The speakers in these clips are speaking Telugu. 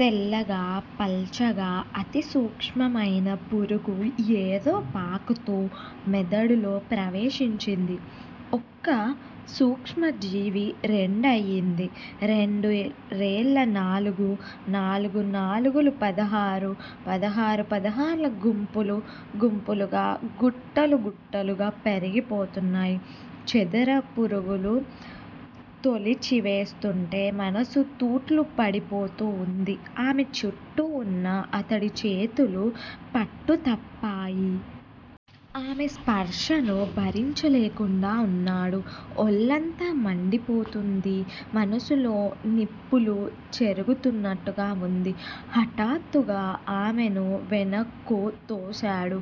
తెల్లగా, పల్చగా, అతిసూక్ష్మమైన పురుగు ఏదో పాకుతూ మెదడులో ప్రవేశించింది. ఒక్క సూక్ష్మజీవి రెండు అయ్యింది. రెండురెళ్ళు నాలుగు, నాలుగు నాలుగులు పదహారు. పదహారు పదహార్లు గుంపులు గుంపులుగా, గుట్టలు గుట్టలుగా పెరిగిపోతున్నాయి. చెదరపురుగులు, తొలిచివేస్తూంటే మనసు తూట్లుపడిపోతూ ఉంది. ఆమెచుట్టు ఉన్న అతడి చేతులు పట్టుతప్పాయి. ఆమె స్పర్శను భరించలేకుండా ఉన్నాడు. ఒళ్ళంతా మండిపోతుంది. మనసులో నిప్పులు చెరుగుతున్నట్టుగా వుంది. హఠాత్తుగా ఆమెను వెనక్కు తోశాడు.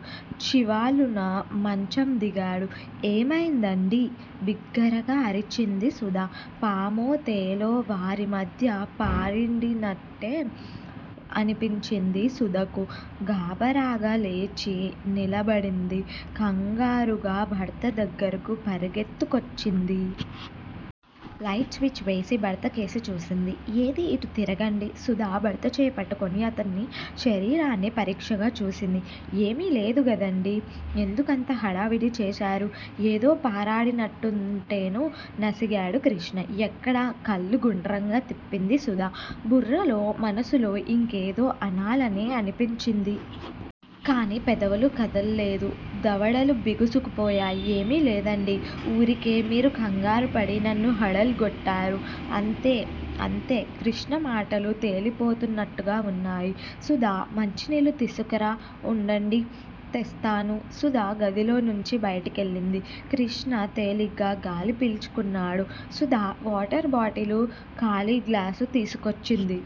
చివాలున మంచం దిగాడు. ఏమైందండీ? బిగ్గరగా అరిచింది సుధ. పామో, తేలో వారిమధ్య పారాడినట్టే అనిపించింది సుధకు. గాభరాగా లేచి నిలబడింది. కంగారుగ భర్త దగ్గిరకు పరిగెత్తుకొచ్చింది. లైట్ స్విచ్ వేసి భర్తకేసి చూసింది. ఏదీ! ఇటు తిరగండీ! సుధ భర్తచెయ్యి పట్టుకొని అతడి శరీరాన్ని పరీక్షగ చూసింది. ఏమీ లేదుగదండీ? ఎందుకంత హడావిడి చేశారూ? ఏదో పారాడినట్టుంటేనూ నసిగాడు కృష్ణ. ఎక్కడా? కళ్ళు గుండ్రంగా తిప్పింది సుధ. బుర్రలో, మనసులో ఇంకేదో అనాలనే అనిపించింది. కాని పెదవులు కదల్లేదు. దవడలు బిగుసుకుపోయాయి. ఏమీ లేదండి. ఊరికే మీరు కంగారుపడి నన్ను హడల్ గొట్టారు. అంతే! అంతే! కృష్ణ మాటలు తేలిపోతున్నట్టుగా వున్నాయి. సుధా! మంచినీళ్ళు తీసుకురా. ఉండండి! తెస్తాను! సుధ గదిలో నుంచి బయటికెళ్ళింది. కృష్ణ తేలిగ్గా గాలిపీల్చుకున్నాడు. సుధ వాటర్ బాటిలూ, ఖాళీగ్లాసూ తీసుకొచ్చింది.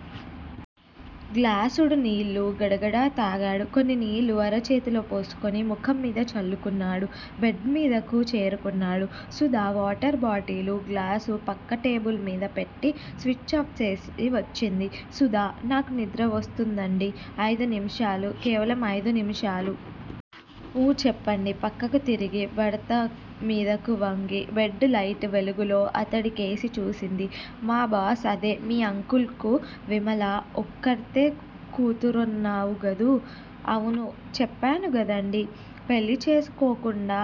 గ్లాసుడు నీళ్ళు గడగడ తాగాడు. కొన్ని నీళ్ళు అరచేతిలో పోసుకొని ముఖంమీద చల్లుకున్నాడు. బెడ్ మీదకు చేరుకున్నాడు. సుధ వాటర్ బాటిలూ, గ్లాసూ పక్క టేబుల్ మీద పెట్టి స్విచ్ ఆఫ్ చేసి వచ్చింది. సుధా! నాకు నిద్ర వస్తోందండీ! ఐదు నిమిషాలు. కేవలం ఐదు నిమిషాలు. ఊ చెప్పండి పక్కకు తిరిగి భర్త మీదకు వంగి, బెడ్ లైట్ వెలుగులో అతడికేసి చూసింది. మా బాస్ అదే మీ అంకుల్ కు విమల ఒక్కర్తె కూతురన్నావు గదూ? అవును. చెప్పానుగదండీ! పెళ్ళి చేసుకోకుండా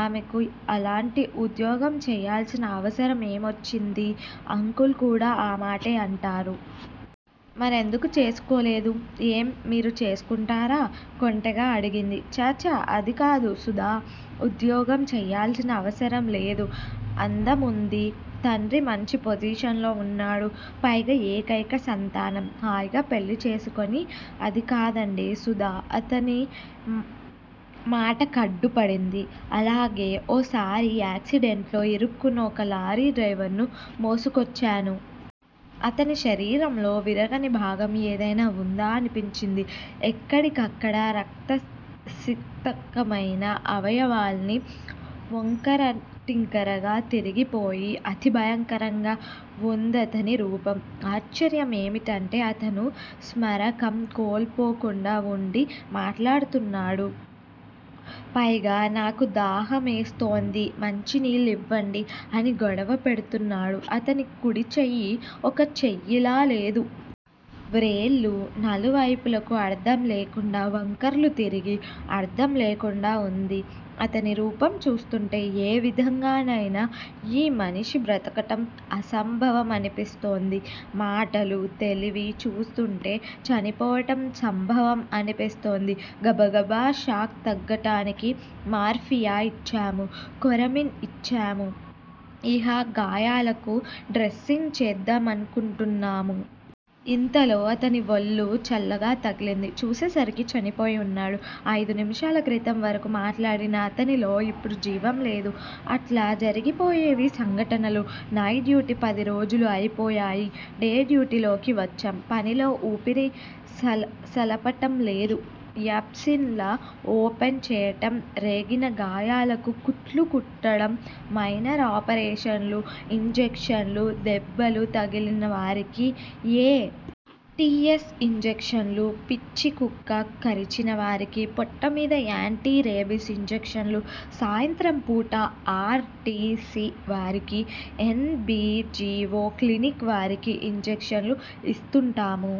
ఆమెకు అలాంటి ఉద్యోగం చెయ్యాల్సిన అవసరం ఏమొచ్చిందీ? అంకుల్ కూడా ఆమాటే అంటారు. మరెందుకు చేసుకోలేదూ? ఏం? మీరు చేసుకుంటారా? కొంటెగా అడిగింది. ఛ! ఛ! అదికాదు సుధా. ఉద్యోగం చెయ్యాల్సిన అవసరంలేదు. అందముంది. తండ్రి మంచి పొజిషన్ లో వున్నాడు. పైగా ఏకైక సంతానం. హాయిగా పెళ్ళిచేసికొని అదికాదండి సుధ అతని మాటకడ్డు పడింది. అలాగే ఓ సారి యాక్సిడెంట్ లో ఇరుక్కున్న ఒక లారీ డ్రైవర్ ను మోసుకొచ్చాను. అతని శరీరంలో విరగని భాగం ఏదయినా వుందా అనిపించింది. ఎక్కడికక్కడ రక్తసిక్తమైన అవయవాలన్నీ వొంకరటింకరగా తిరిగిపోయి, అతి భయంకరంగా వుందతని రూపం. ఆశ్చర్యమేమిటంటే అతను స్మారకం కోల్పోకుండా వుండి మాట్లాడుతున్నాడు. పైగా, నాకు దాహమేస్తోంది. మంచినీళ్ళివ్వండి అని గొడవ పెడుతున్నాడు. అతని కుడిచెయ్యి ఒక చెయ్యిలాలేదు. వ్రేళ్ళు నలువైపులకూ అర్ధం లేకుండా, వొంకర్లు తిరిగి అర్ధం లేకుండా వుంది. అతని రూపం చూస్తుంటే ఏవిధంగానైనా యీ మనిషి బ్రతకటం అసంభవమనిపిస్తోంది. మాటలు, తెలివి చూస్తుంటే చనిపోవటం సంభవం అనిపిస్తోంది. గబగబ షాక్ తగ్గటానికి మార్ఫియా ఇచ్చాము. కోరమిన్ ఇచ్చాము. ఇహ గాయాలకు డ్రెస్సింగ్ చేద్దామనుకుంటున్నాము. ఇంతలో అతని వళ్ళు చల్లగా తగిలింది. చూసేసరికి చనిపోయి వున్నాడు. అయిదు నిమిషాల క్రితం వరకూ మాట్లాడిన అతనిలో ఇప్పుడు జీవంలేదు. అట్లా జరిగిపోయేవి సంఘటనలు. నైట్ డ్యూటీ పదిరోజులూ అయిపోయాయి. డే డ్యూటీలోకి వచ్చాం. పనిలో ఊపిరి సలపటంలేదు. యాబ్సిన్ ల ఓపెన్ చెయ్యటం రేగిన గాయాలకు కుట్లు కుట్టడం, మైనర్ ఆపరేషన్లు, ఇంజక్షన్లు దెబ్బలు తగిలిన వారికి ఎ. టి. ఎస్. ఇంజక్షన్లు, పిచ్చికుక్క కరిచినవారికి పొట్టమీద యాంటీ రేబిస్ ఇంజక్షన్లు, సాయంత్రంపూట ఆర్. టి. సి. వారికీ, N. B. G. O clinic వారికి ఇంజక్షన్లూ ఇస్తుంటాము.